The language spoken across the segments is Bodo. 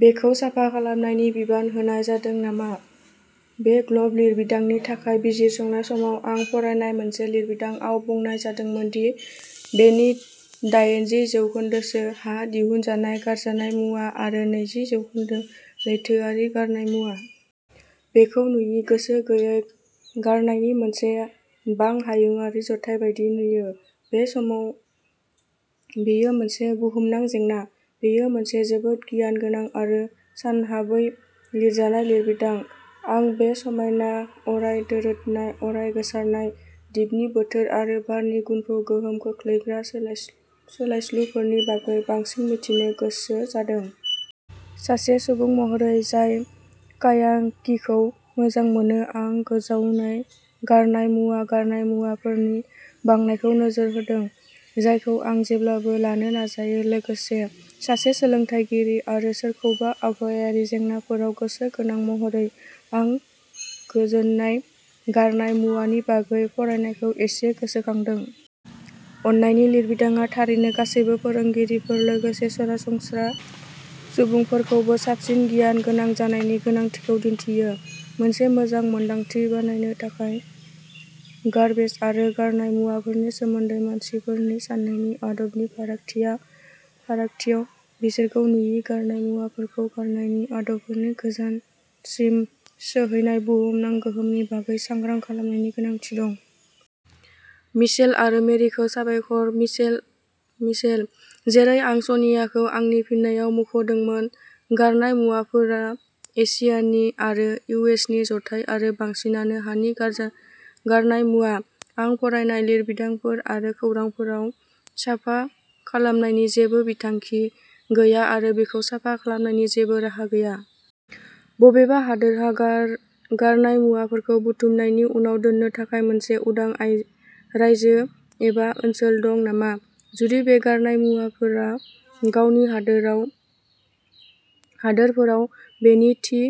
बेखौ साफा खालामनायनि बिबान होनाय जादों नामा? बे ग्लब लिरबिदांनि थाखाय बिजिरसंनाय समाव आं फरायनाय मोनसे लिरबिदांआव बुंनाय जादोंमोन दि बेनि दायेनजि जौखोन्दोसो हा दिहुनजानाय गारजानाय मुवा आरो नैजि जौखोन्दो लैथोआरि गारनाय मुवा। बेखौ नुयि, गोसो गैयै गारनायनि मोनसे बां-हायुंआरि जथाय बायदि नुयो। बे समाव बेयो मोनसे बुहुमनां जेंना। बेयो मोनसे जोबोद गियान गोनां आरो सानहाबनायै लिरजानाय लिरबिदां। आं बे समायना, अराय दोरोदनाय, अराय गोसारनाय दिपनि बोथोर आरो बारनि गुनखौ गोहोम खोख्लैग्रा सोलायस्लुफोरनि बागै बांसिन मिथिनो गोसो जादों। सासे सुबुं महरै जाय कायाकिंखौ मोजां मोनो, आं गोजावनाय गारनाय मुवा गारनाय मुवाफोरनि बांनायखौ नोजोर होदों, जायखौ आं जेब्लाबो लानो नाजायो। लोगोसे, सासे सोलोंथायगिरि आरो सोरखौबा आबहावायारि जेंनाफोराव गोसो गोनां महरै, आं गोजोनाय गारनाय मुवा नि बागै फरायनायखौ एसे गोसोखांदों। अन्नानि लिरबिदांआ थारैनो गासैबो फोरोंगिरिफोर, लोगोसे सरासनस्रा सुबुंफोरखौबो साबसिन गियान गोनां जानायनि गोनांथिखौ दिन्थियो। मोनसे मोजां मोनदांथि बानायनो थाखाय। गार्बेज आरो गारनाय मुवाफोरनि सोमोन्दै मानसिफोरनि साननायनि आदब नि फारागथिया फारागथियाव, बिसोरखौ नुयि गारनाय मुवाफोरखौ गारनायनि आदबफोरनि गोजानसिम सौहैनाय बुहुमनां गोहोमनि बागै सांग्रां खालामनायनि गोनांथि दं। मिचेल आरो मेरिखौ साबायखर। मिचेल, जेरै आं सनियाखौ आंनि फिननायाव मुंख'दोंमोन, गारनाय मुवाफोरा एसियानि आरो इउ एस नि जथाय आरो बांसिनानो हानि गारनाय मुवा। आं फरायनाय लिरबिदांफोर आरो खौरांफोराव, साफा खालामनायनि जेबो बिथांखि गैया आरो बेखौ साफा खालामनायनि जेबो राहा गैया। बबेबा हादोरहा गारनाय मुवाफोरखौ बुथुमनायनि उनाव दोननो थाखाय मोनसे उदां रायजो एबा ओनसोल दं नामा? जुदि बे गारनाय मुवाफोरा गावनि हादोराव हादोरफोराव बेनि थि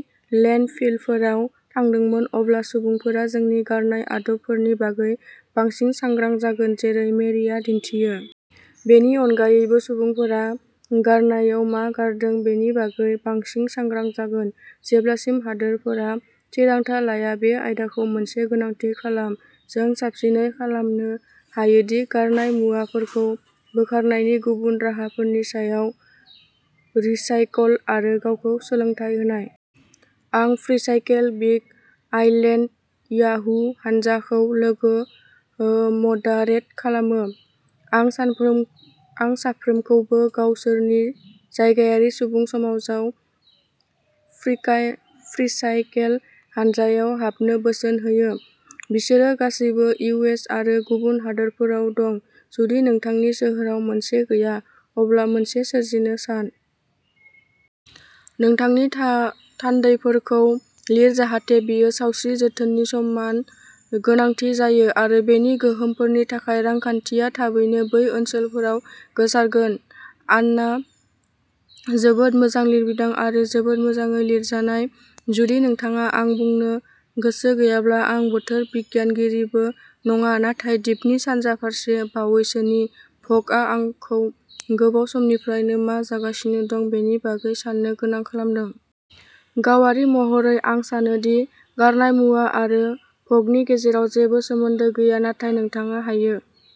लेन्डफिलफोराव थांदोंमोन, अब्ला सुबुंफोरा जोंनि गारनाय आदबफोरनि बागै बांसिन सांग्रां जागोन, जेरै मेरिया दिन्थियो। बेनि अनगायैबो, सुबुंफोरा गारनायाव मा गारदों बेनि बागै बांसिन सांग्रां जागोन। जेब्लासिम हादोरफोरा थिरांथा लाया। बे आयदाखौ मोनसे गोनांथि खालाम, जों साबसिनै खालामनो हायोदि गारनाय मुवाफोरखौ बोखारनायनि गुबुन राहाफोरनि सायाव रिसाइकल आरो गावखौ सोलोंथाय होनाय। आं फ्रीसाइकेल बिग आइलेन्ड याहू हानजाखौ लोगो मदारेट खालामो। आं साफ्रोमखौबो गावसोरनि जायगायारि सुबुं समाजाव फ्रीसाइकेल हानजायाव हाबनो बोसोन होयो। बिसोर गासैबो इउ एस आरो गुबुन हादोरफोराव दं। जुदि नोंथांनि सोहोराव मोनसे गैया, अब्ला मोनसे सोरजिनो सान। नोंथांनि थान्दैफोरखौ लिर जाहाथे बेयो सावस्रि जोथोननि समान गोनांथि जायो आरो बेनि गोहोमफोरनि थाखाय रांखान्थिया थाबैनो बै ओनसोलफोराव गोसारगोन। आन्ना जोबोद मोजां लिरबिदां आरो जोबोद मोजाङै लिरजानाय जुदि नोंथाङा आं बुंनो गोसो गैयाब्ला आं बोथोर बिगियानगिरिबो नङा नाथाय दिपनि सानजा फारसे बावैसोनि भ'गआ आंखौ गोबाव समनिफ्रायनो मा जागासिनो दं बेनि बागै साननो गोनां खालामदों। गावारि महरै, आं सानो दि गारनाय मुवा आरो भ'गनि गेजेराव जेबो सोमोन्दो गैया, नाथाय नोंथाङा हायो।